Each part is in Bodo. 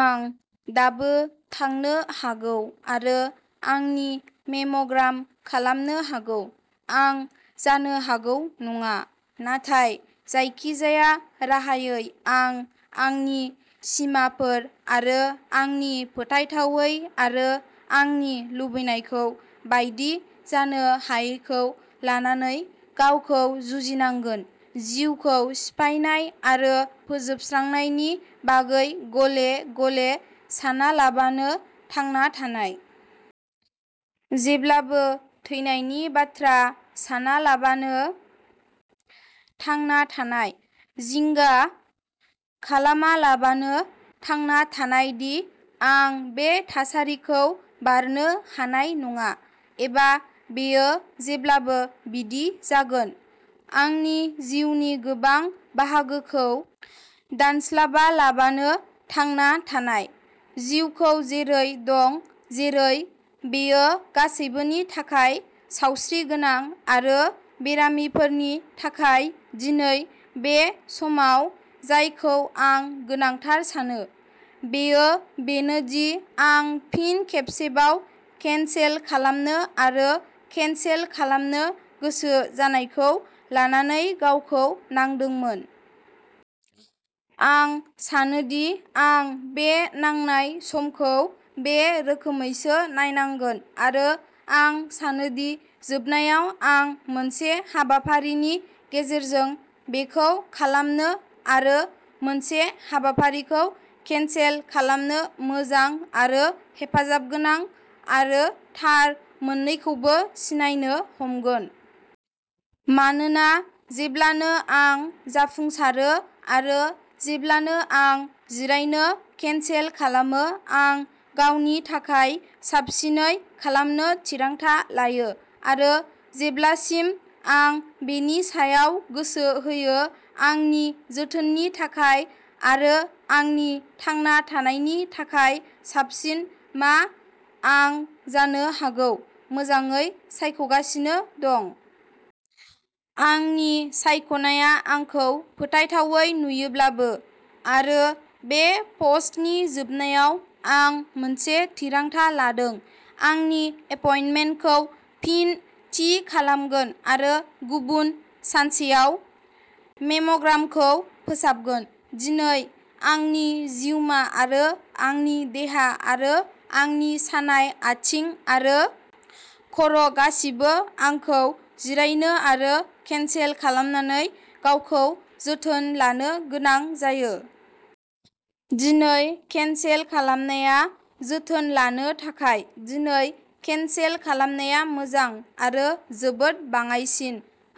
आं दाबो थांनो हागौ आरो आंनि मेम'ग्राम खालामनो हागौ। आं जानो हागौ नङा। नाथाय जायखिजाया राहायै आं आंनि सिमाफोर आरो आंनि फोथायथावै आरो आंनि लुबैनायखौ बायदि जानो हायैखौ लानानै गावखौ जुजिनांगोन जिउखौ सिफायनाय आरो फोजोबस्रांनायनि बागै गले-गले सानालाबानो थांना थानाय। जेब्लाबो थैनायनि बाथ्रा सानालाबानो थांना थानाय। जिंगा खालामालाबानो थांना थानाय दि आं बे थासारिखौ बारनो हानाय नङा, एबा बेयो जेब्लाबो बिदि जागोन। आंनि जिउनि गोबां बाहागोखौ दानस्लाबालाबानो थांना थानाय। जिउखौ जेरै दं जेरै बेयो गासैबोनि थाखाय, सावस्रिगोनां आरो बेरामिफोरनि थाखाय दिनै बे समाव जायखौ आं गोनांथार सानो, बेयो बेनो दि आं फिन खेबसेबाव केनसेल खालामनो आरो केनसेल खालामनो गोसो जानायखौ लानानै गावखौ नांदोंमोन। आं सानो दि आं बे नांनाय समखौ बे रोखोमैसो नायनांगोन। आरो आं सानो दि जोबनायाव आं मोनसे हाबाफारिनि गेजेरजों बेखौ खालामनो आरो मोनसे हाबाफारिखौ केनसेल खालामनो मोजां आरो हेफाजाबगोनां आरो थार मोन्नैखौबो सिनायनो हमगोन। मानोना जेब्लानो आं जाफुंसारो, आरो जेब्लानो आं जिरायनो केनसेल खालामो, आं गावनि थाखाय साबसिनै खालामनो थिरांथा लायो। आरो जेब्लासिम आं बेनि सायाव गोसो होयो आंनि जोथोननि थाखाय आरो आंनि थांना थानायनि थाखाय साबसिन मा आं जानो हागौ मोजाङै सायख'गासिनो दं। आंनि सायख'नाया आंखौ फोथायथावै नुयोब्लाबो। आरो बे पस्टनि जोबनायाव, आं मोनसे थिरांथा लादों। आंनि एपइन्टमेन्टखौ फिन थि खालामगोन आरो गुबुन सानसेआव मेम'ग्रामखौ फोसाबगोन। दिनै, आंनि जिउमा, आरो आंनि देहा, आरो आंनि सानाय आथिं आरो खर'गासिबो आंखौ जिरायनो आरो केनसेल खालामनानै गावखौ जोथोन लानो गोनां जायो। दिनै, केनसेल खालामनाया जोथोन लानो थाखाय। दिनै केनसेल खालामनाया मोजां। आरो जोबोद बाङाइसिन।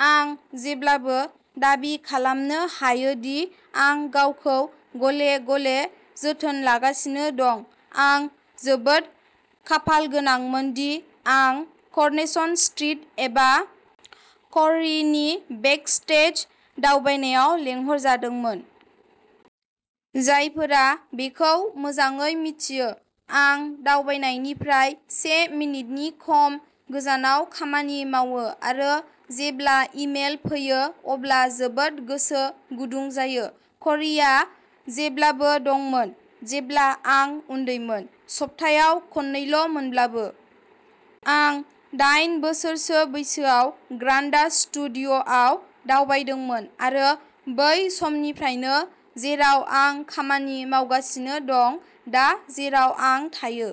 आं जेब्लाबो दाबि खालामनो हायो दि आं गावखौ गले-गले जोथोन लागासिनो दं। आं जोबोद खाफालगोनांमोन दि आं कर'नेसन स्ट्रिट एबा कर्रीनि बेक स्टेज दावबायनायाव लेंहरजादोंमोन। जायफोरा बेखौ मोजाङै मिथियो। आं दावबायनायनिफ्राय से मिनिटनि खम गोजानाव खामानि मावो आरो जेब्ला इमेल फैयो अब्ला जोबोद गोसो गुदुं जायो। कर्रीआ जेब्लाबो दंमोन जेब्ला आं उन्दैमोन, सप्तायाव खननैल'मोनब्लाबो। आं दाइन बोसोरसो बैसोआव ग्रान्डा स्टुडिय'आव दावबायदोंमोन आरो बै समनिफ्रायनो जेराव आं खामानि मावगासिनो दं, दा जेराव आं थायो।